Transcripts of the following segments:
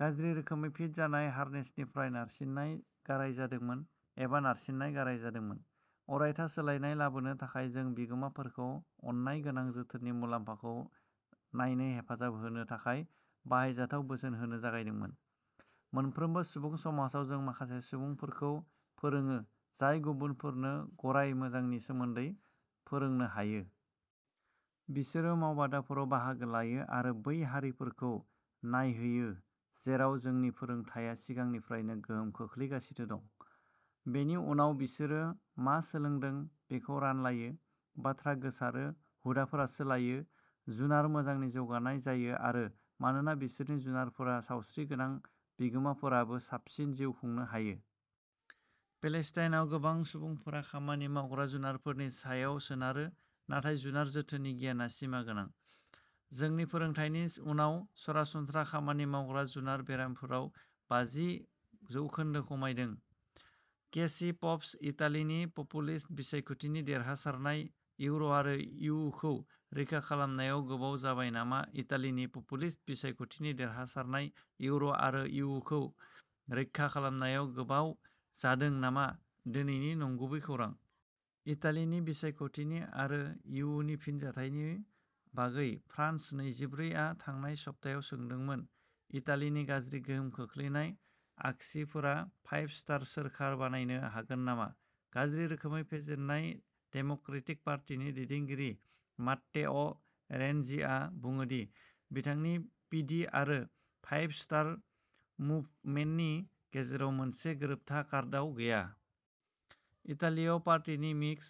गाज्रि रोखोमै फिट जानाय हार्नेसनिफ्राय नारसिननाय गाराय जादोंमोन एबा नारसिननाय गाराय जादोंमोन। अरायथा सोलायनाय लाबोनो थाखाय जों बिगोमाफोरखौ अननाय गोनां जोथोननि मुलाम्फाखौ नायनो हेफाजाब होनो थाखाय बाहायजाथाव बोसोन होनो जागायदोंमोन। मोनफ्रोमबो सुबुं समाजाव जों माखासे सुबुंफोरखौ फोरोंङो जाय गुबुनफोरनो गराय मोजांनि सोमोन्दै फोरोंनो हायो। बिसोरो मावबादाफोराव बाहागो लायो आरो बै हारिफोरखौ नायहैयो जेराव जोंनि फोरोंथाया सिगांनिफ्रायनो गोहोम खोख्लैगासिनो दं। बेनि उनाव बिसोरो मा सोलोंदों बेखौ रानलायो। बाथ्रा गोसारो हुदाफोरा सोलायो। जुनार मोजांनि जौगानाय जायो आरो मानोना बिसोरनि जुनारफोरा सावस्रिगोनां बिगोमाफोराबो साबसिन जिउ खुंनो हायो। पेलेस्टाइनआव गोबां सुबुंफोरा खामानि मावग्रा जुनारफोरनि सायाव सोनारो नाथाय जुनार जोथोननि गियानआ सिमागोनां। जोंनि फोरोंथायनि उनाव सरासनस्रा खामानि मावग्रा जुनार बेरामफोराव बाजि जौखोन्दो खमायदों। केसि पप्स इटालिनि पपुलिस्ट बिसायख'थि देरहासारनाय इउर' आरो इयुखौ रैखा खालामनायाव गोबाव जाबाय नामा इटालिनि पपुलिस्ट बिसायख'थि देरहासारनाय इउर'आरो इयुखौ रैखा खालामनायाव गोबाव जादों नामा दिनैनि नंगुबै खौरां। इटालीनि बिसायख'थिनि आरो इयुनि फिनजाथायनि बागै फ्रान्स नैजिब्रै आ थांनाय सप्तायाव सोंदोंमोन इटालीनि गाज्रि गोहोम खोख्लैनाय आगसिफोरा'फाइभ स्टार'सोरखार बानायनो हागोन नामा गाज्रि रोखोमै फेजेनजानाय डेम'क्रेटिक पार्टिनि दैदेनगिरि मात्तेअ रेनजीआ बुङो दि बिथांनि पिडि आरो फाइभ स्टार मुभमेन्टनि गेजेराव मोनसे गोरोबथा कार्डआव गैया। इटालीयाव पार्टिनि मिक्स।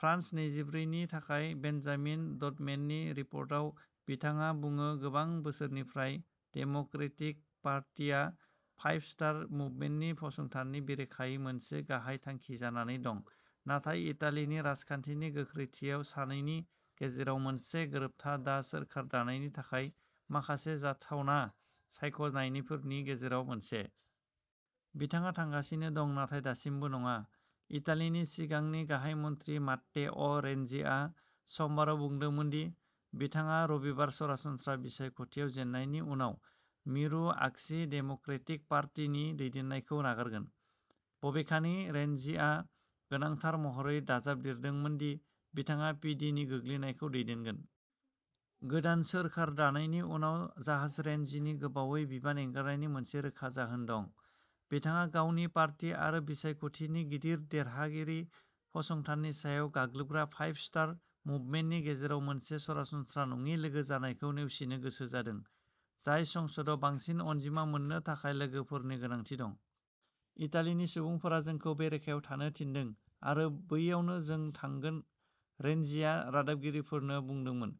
फ्रान्स नैजिब्रै नि थाखाय बेन्जामिन डडमेननि रिपर्टाव बिथाङा बुङो गोबां बोसोरफोरनिफ्राय डेम'क्रेटिक पार्टिआ फाइभ स्टार मुभमेन्टनि फसंथाननि बेरेखायै मोनसे गाहाय थांखि जानानै दं। नाथाय इटालीनि राजखान्थिनि गोख्रैथिआव सानैनि गेजेराव मोनसे गोरोबथा दा सोरखार दानायनि थाखाय माखासे जाथावना सायख'नायफोरनि गेजेराव मोनसे। बिथाङा थांगासिनो दं नाथाय दासिमबो नङा। इटालीनि सिगांनि गाहाय मन्थ्रि मात्तेअ रेनजीआ समबारआव बुंदोंमोन दि बिथाङा रबिबार सरासनस्रा बिसायख'थियाव जेननायनि उनाव मिरु आगसि डेम'क्रेटिक पार्टी नि दैदेननायखौ नागारगोन। बबेखानि रेनजीआ गोनांथार महरै दाजाबदेरदोंमोन दि बिथाङा पिडिनि गोग्लैनायखौ दैदेनगोन। गोदान सोरखार दानायनि उनाव जाहाज रेनजिनि गोबावै बिबान एंगारनायनि मोनसे रोखा जाहोन दं। बिथाङा गावनि पार्टी आरो बिसायख'थिनि गिदिर देरहागिरि फसंथाननि सायाव गाग्लोबग्रा फाइभ स्टार मुभमेन्टनि गेजेराव मोनसे सरासनस्रा नङि लोगो जानायखौ नेवसिनो गोसो जादों जाय संसदआव बांसिन अनजिमा मोननो थाखाय लोगोफोरनि गोनांथि दं। इटालिनि सुबुंफोरा जोंखौ बेरेखायाव थानो थिनदों आरो बैयावनो जों थांगोन रेनजिया रादाबगिरिफोरनो बुंदोंमोन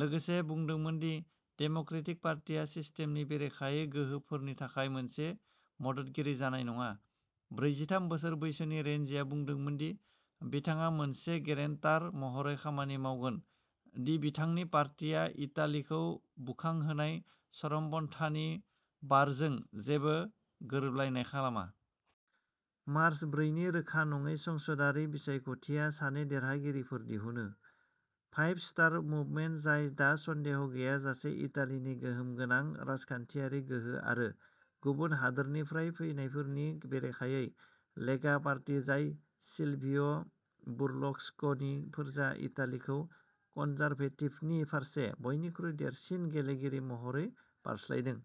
लोगोसे बुंदोंमोन दि डेम'क्रेटिक पार्टीआ सिस्टेमनि बेरेखायै गोहोफोरनि थाखाय मोनसे मददगिरि जानाय नङा। ब्रैजिथाम बोसोर बैसोनि रेनजिया बुंदोंमोन दि बिथाङा मोनसे गेरेन्टार महरै खामानि मावगोन दि बिथांनि पार्टीया इटालिखौ बुखांहोनाय चरमपन्थानि बारजों जेबो गोरोबलायनाय खालामा। मार्च ब्रै नि रोखा नङै संसदारि बिसायख'थिया सानै देरहागिरिफोर दिहुनो फाइभ स्टार मुभमेन्ट जाय दा सन्देह गैयाजासे इटालिनि गोहोम गोनां राजखान्थियारि गोहो आरो गुबुन हादोरनिफ्राय फैनायफोरनि बेरेखायै लेगा पार्टी जाय सिलभिय बर्लुस्क'नि फोरजा इटालिखौ कन्जारभेटिभनि फारसे बयनिख्रुइ देरसिन गेलेगिरि महरै बारस्लायदों।